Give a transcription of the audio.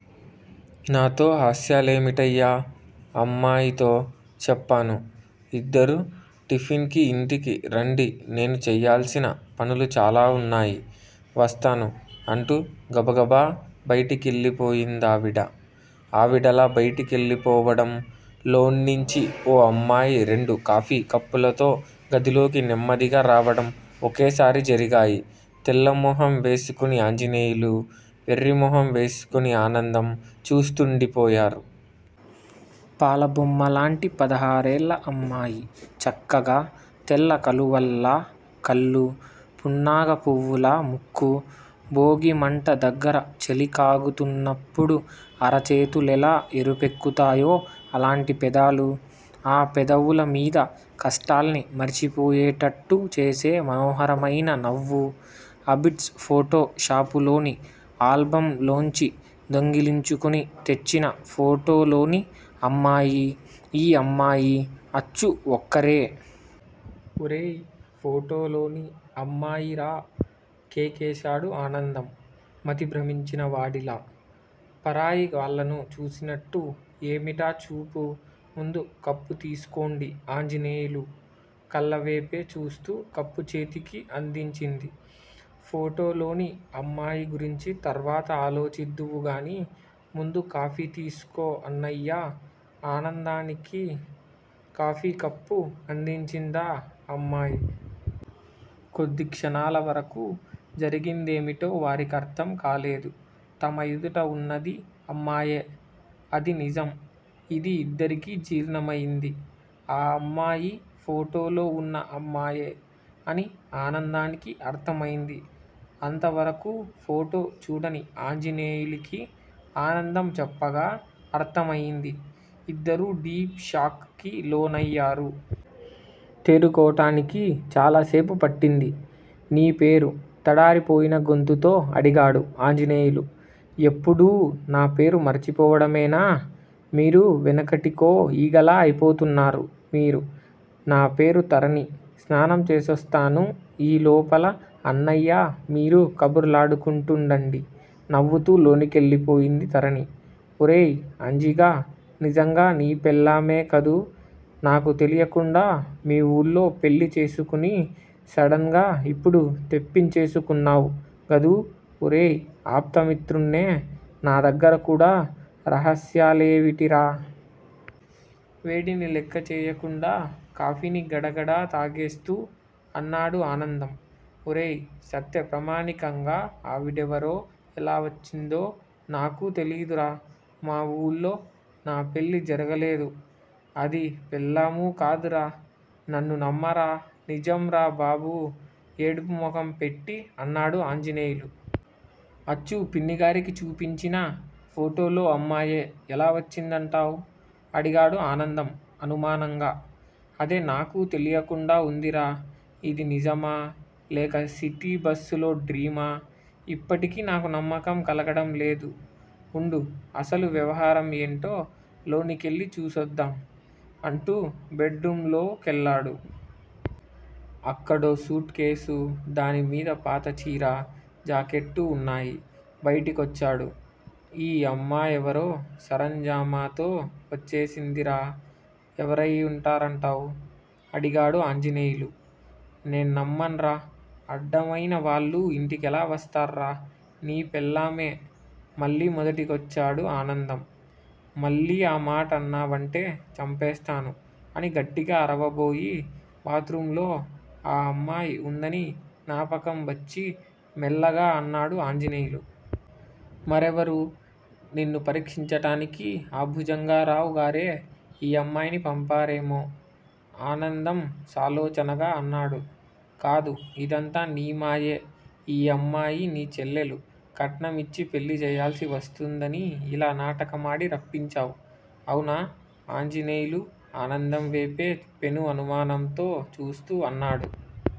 నాతో హాస్యాలేమిటయ్యా అమ్మాయితో చెప్పాను ఇద్దరూ టిఫిన్ కి ఇంటికి రండి నేను చెయ్యాల్సిన పనులు చాలా వున్నాయి. వస్తాను అంటూ గబగబా బయటికెళ్ళిపోయిందావిడ. ఆవిడలా బయటికెళ్ళిపోవడం, లోన్నించి ఓ అమ్మాయి రెండు కాఫీ కప్పులతో గదిలోకి నెమ్మదిగా రావడం ఒకేసారి జరిగాయి. తెల్లమొహం వేసుకుని ఆంజనేయులు, వెర్రిమొహం వేసుకుని ఆనందం చూస్తుండిపోయారు. పాల బొమ్మలాంటి పదహారేళ్ళ అమ్మాయి చక్కగా, తెల్ల కలువల్లా కళ్ళు పున్నాగ పువ్వులా ముక్కు భోగీ మంట దగ్గర చలికాగుతున్నపుడు అరచేతులెలా ఎరుపెక్కుతాయో అలాంటి పెదాలు ఆ పెదవుల మీద కష్టాల్ని మరిచిపోయేటట్టు చేసే మనోహరమైన నవ్వు. అబిడ్స్ ఫోటో షాపులోని ఆల్బమ్ లోంచి దొంగిలించుకుని తెచ్చిన ఫోటోలోని అమ్మాయి, ఈ అమ్మాయీ అచ్చు ఒక్కరే!! ఒరేయ్ ఫోటోలోని అమ్మాయిరా కేకేశాడు ఆనందం మతి భ్రమించినవాడిలా. పరాయి వాళ్ళను చూస్తున్నట్టు ఏవిటా చూపు ముందు కప్పు తీసుకోండి ఆంజనేయులు కళ్ళవేపు చూస్తూ కప్పు చేతికి అందించింది. ఫోటోలోని అమ్మాయి గురించి తర్వాత ఆలోచిద్దువుగాని, ముందు కాఫీ తీసుకో అన్నయ్యా ఆనందానికి కాఫీకప్పు అందించిందా అమ్మాయి. కొద్ది క్షణాలవరకూ జరిగిందేమిటో వారికర్ధం కాలేదు. తమ ఎదుట ఉన్నది అమ్మాయే అది నిజం ఇది ఇద్దరికీ జీర్ణమయింది. ఆ అమ్మాయి ఫోటోలో వున్న అమ్మాయే అని ఆనందానికి అర్ధమైంది. అంతవరకూ ఫోటో చూడని ఆంజనేయులికి ఆనందం చెప్పగా అర్ధమయింది. ఇద్దరూ డీప్ షాక్ కి లోనయ్యారు. తేరుకోటానికి చాలాసేపు పట్టింది. నీ పేరు తడారిపోయిన గొంతుతో అడిగాడు ఆంజనేయులు. ఎప్పుడూ నా పేరు మర్చిపోవడమేనా? మీరు వెనకటికో ఈగలా అయిపోతున్నారు మీరు నా పేరు తరణి స్నానం చేసొస్తాను ఈ లోపల అన్నయ్యా మీరు కబుర్లాడుకుంటుండండి నవ్వుతూ లోనకెళ్ళిపోయింది తరణి. ఒరేయ్ అంజిగా నిజంగా నీ పెళ్ళామే కదూ నాకు తెలీకుండా మీ ఊళ్ళో పెళ్ళి చేసేసుకుని సడన్ గా ఇప్పుడు తెప్పించేసుకున్నావ్ గదూ ఒరేయ్ ఆప్తమిత్రుడ్నే నా దగ్గర కూడా రహస్యాలేవిటిరా? వేడిని లెక్కచెయ్యకుండా కాఫీని గడగడా తాగేస్తూ అన్నాడు ఆనందం. ఒరేయ్ సత్తె ప్రమాణికంగా ఆవిడెవరో, ఎలా వచ్చిందో నాకూ తెలీదురా మా వూళ్ళో నా పెళ్ళీ జరగలేదు అది పెళ్ళామూ కాదురా నన్ను నమ్మరా నిజం రా బాబూ ఏడుపు ముఖం పెట్టి అన్నాడు ఆంజనేయులు. అచ్చు పిన్నిగారికి చూపించిన ఫోటోలో అమ్మాయే ఎలా వచ్చిందంటావ్? అడిగాడు ఆనందం అనుమానంగా. అదే నాకూ తెలీకుండా వుందిరా ఇది నిజమా లేక సిటీ బస్సులో డ్రీమా ఇప్పటికీ నాకు నమ్మకం కలగడంలేదు వుండు అసలు వ్యవహారం ఏంటో లోనికెళ్ళి చూసొద్దాం అంటూ బెడ్ రూంలో కెళ్ళాడు. అక్కడో సూట్ కేసు, దానిమీద పాత చీర, జాకెట్టు వున్నాయి. బయటికొచ్చాడు. ఈ అమ్మాయెవరో సరంజామాతో వచ్చేసిందిరా ఎవరై ఉంటారంటావ్? అడిగాడు ఆంజనేయులు. నేన్నమ్మన్రా అడ్డవైన వాళ్ళూ ఇంటికెలా వస్తార్రా నీ పెళ్ళామే మళ్ళీ మొదటికొచ్చాడు ఆనందం. మళ్ళీ ఆ మాటన్నావంటే చంపేస్తాను అని గట్టిగా అరవబోయి బాత్ రూమ్ లో ఆ అమ్మాయి ఉందని జ్ఞాపకం వచ్చి, మెల్లగా అన్నాడు ఆంజనేయులు. మరెవరు? నిన్ను పరీక్షించటానికి ఆ భుజంగరావు గారే ఈ అమ్మాయిని పంపారేమో?! ఆనందం సాలోచనగా అన్నాడు. కాదు ఇదంతా నీ మాయే ఈ అమ్మాయి నీ చెల్లెలు కట్నం ఇచ్చి పెళ్ళి చెయ్యాల్సి వస్తుందని ఇలా నాటకమాడి రప్పించావ్. అవునా? ఆంజనేయులు ఆనందంవేపు పెను అనుమానంతో చూస్తూ అన్నాడు.